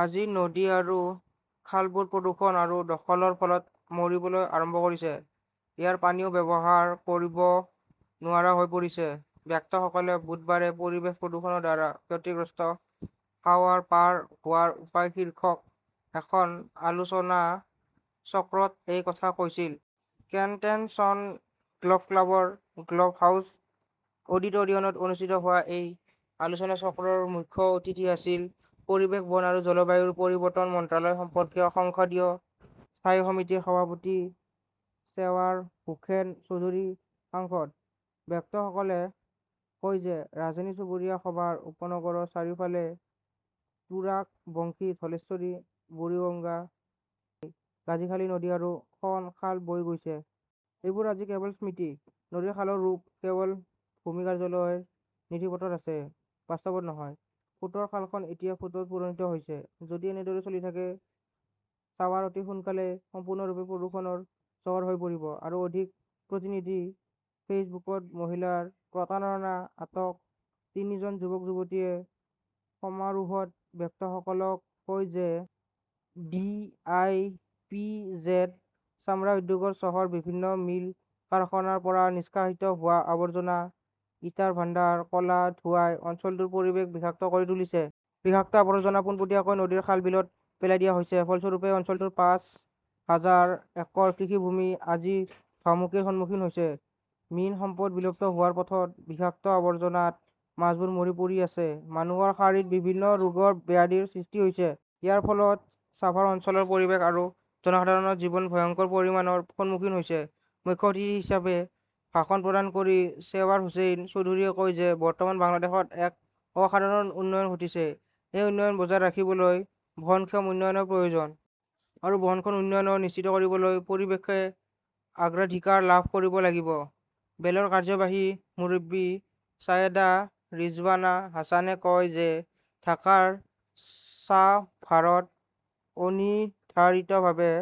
আজি নদী আৰু খালবোৰ প্ৰদূষণ আৰু দখলৰ ফলত মৰিবলৈ আৰম্ভ কৰিছে। ইয়াৰ পানীও ব্যৱহাৰ কৰিব নোৱাৰা হৈ পৰিছে। বক্তাসকলে বুধবাৰে 'পৰিৱেশ প্ৰদূষণৰ দ্বাৰা ক্ষতিগ্ৰস্ত সাৱাৰ-পাৰ হোৱাৰ উপায় "শীৰ্ষক এখন আলোচনাচক্ৰত এই কথা কৈছিল। কনটেনশ্যন গ 'ল্ফ ক্লাবৰ গ' ল্ফ হাউছ অডিটৰিয়নত অনুষ্ঠিত হোৱা এই আলোচনাচক্ৰৰ মুখ্য অতিথি আছিল পৰিৱেশ বন আৰু জলবায়ু পৰিৱৰ্তন মন্ত্ৰালয় সম্পৰ্কীয় সংসদীয় স্থায়ী সমিতিৰ সভাপতি ছেবাৰ হোসেন চৌধুৰী সাংসদ। বক্তাসকলে কয় যে ৰাজধানীৰ চুবুৰীয়া সভাৰ উপনগৰৰ চাৰিওফালে তুৰাগ, বংশী, ধলেশ্বৰী বুৰিগঙ্গা, গাজীখালী নদী আৰু খন খাল বৈ গৈছে। এইবোৰ আজি কেৱল স্মৃতি। নদীৰ খালৰ ৰূপ কেৱল ভূমি কাৰ্যালয়ৰ নথিপত্ৰত আছে, বাস্তৱত নহয়। ফুটৰ খালখন এতিয়া ফুটত পৰিণত হৈছে। যদি এনেদৰে চলি থাকে, ছাৱাৰ অতি সোনকালেই সম্পূৰ্ণৰূপে প্ৰদূষণৰ চহৰ হৈ পৰিব। আৰু অধিক প্ৰতিনিধিঃ ফেইচবুকত মহিলাৰ প্ৰতাৰণা, আটক তিনিজন যুৱক-যুৱতীয়ে সমাৰোহত বক্তাসকলক কয় যে ডিইপিজেড, চামৰা উদ্যোগ চহৰ, বিভিন্ন মিল কাৰখানাৰ পৰা নিষ্কাশিত হোৱা আৱৰ্জনা ইটাৰ ভাণ্ডাৰৰ ক 'লা ধোঁৱাই অঞ্চলটোৰ পৰিৱেশ বিষাক্ত কৰি তুলিছে। বিষাক্ত আৱৰ্জনা পোনপটীয়াকৈ নদীৰ খাল-বিলত পেলাই দিয়া হৈছে। ফলস্বৰূপে, অঞ্চলটোৰ পাঁচ হাজাৰ একৰ কৃষিভূমি আজি ভাবুকিৰ সন্মুখীন হৈছে। মীন সম্পদ বিলুপ্ত হোৱাৰ পথত। বিষাক্ত আৱৰ্জনাত মাছবোৰ মৰি পৰি আছে। মানুহৰ শৰীৰত বিভিন্ন ৰোগৰ ব্যাধিৰ সৃষ্টি হৈছে। ইয়াৰ ফলত ছাভাৰ অঞ্চলৰ পৰিৱেশ আৰু জনসাধাৰণৰ জীৱন ভয়ংকৰ পৰিণামৰ সন্মুখীন হৈছে। মুখ্য অতিথি হিচাপে ভাষণ প্ৰদান কৰি চেবাৰ হুছেইন চৌধুৰীয়ে কয় যে বৰ্তমান বাংলাদেশত এক অসাধাৰণ উন্নয়ন ঘটিছে। এই উন্নয়ন বজাই ৰাখিবলৈ বহনক্ষম উন্নয়নৰ প্ৰয়োজন। আৰু বহনক্ষম উন্নয়ন নিশ্চিত কৰিবলৈ পৰিৱেশই অগ্ৰাধিকাৰ লাভ কৰিব লাগিব। বেলাৰ কাৰ্যবাহী মুৰব্বী ছায়েদা ৰিজৱানা হাছানে কয় যে ঢাকাৰ চাভাৰত অনিৰ্ধাৰিতভাৱে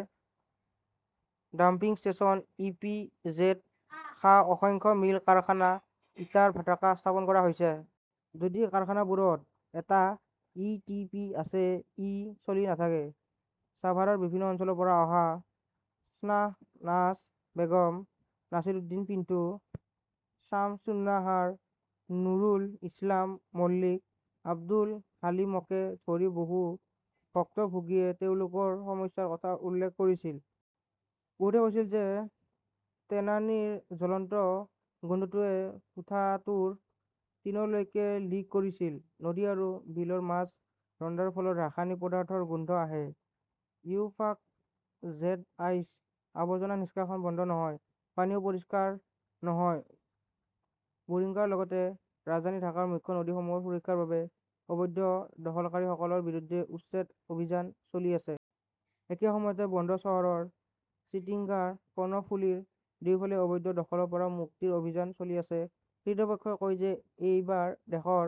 dumping station, E. P. Z. সহ অসংখ্য মিল কাৰখানা, ইটাৰ ভাটকা স্থাপন কৰা হৈছে। যদিও কাৰখানাবোৰত এটা ই. টি. পি. আছে, ই চলি নাথাকে। ছাভাৰৰ বিভিন্ন অঞ্চলৰ পৰা অহা শ্বাহনাজ বেগম, নাছিৰউদ্দিন পিণ্টু, শামছুন্নাহাৰ, নুৰুল ইছলাম মল্লিক, আব্দুল হালিমকে ধৰি বহু ভুক্তভোগীয়ে তেওঁলোকৰ সমস্যাৰ কথা উল্লেখ কৰিছিল। বহুতে কৈছিল যে টেনাৰীৰ জ্বলন্ত গোন্ধটোৱে কোঠাটোৰ টিনলৈকে লিক কৰিছিল। নদী আৰু বিলৰ মাছ ৰন্ধাৰ ফলত ৰাসায়নিক পদাৰ্থৰ গোন্ধ আহে। ইত্তেফাক/জেডএইচ। আৱৰ্জনা নিষ্কাশন বন্ধ নহয়, পানীও পৰিষ্কাৰ নহয় বুৰিগঙ্গাৰ লগতে ৰাজধানী ঢাকাৰ মুখ্য নদীসমূহৰ সুৰক্ষাৰ বাবে অবৈধ দখলকাৰীসকলৰ বিৰুদ্ধে উচ্ছেদ অভিযান চলি আছে। একে সময়তে বন্দৰ চহৰ চিটাগংৰ কৰ্ণফুলিৰ দুয়োফালে অবৈধ দখলৰ পৰা মুক্তিৰ অভিযান চলি আছে। কৰ্তৃপক্ষই কয় যে এইবাৰ দেশৰ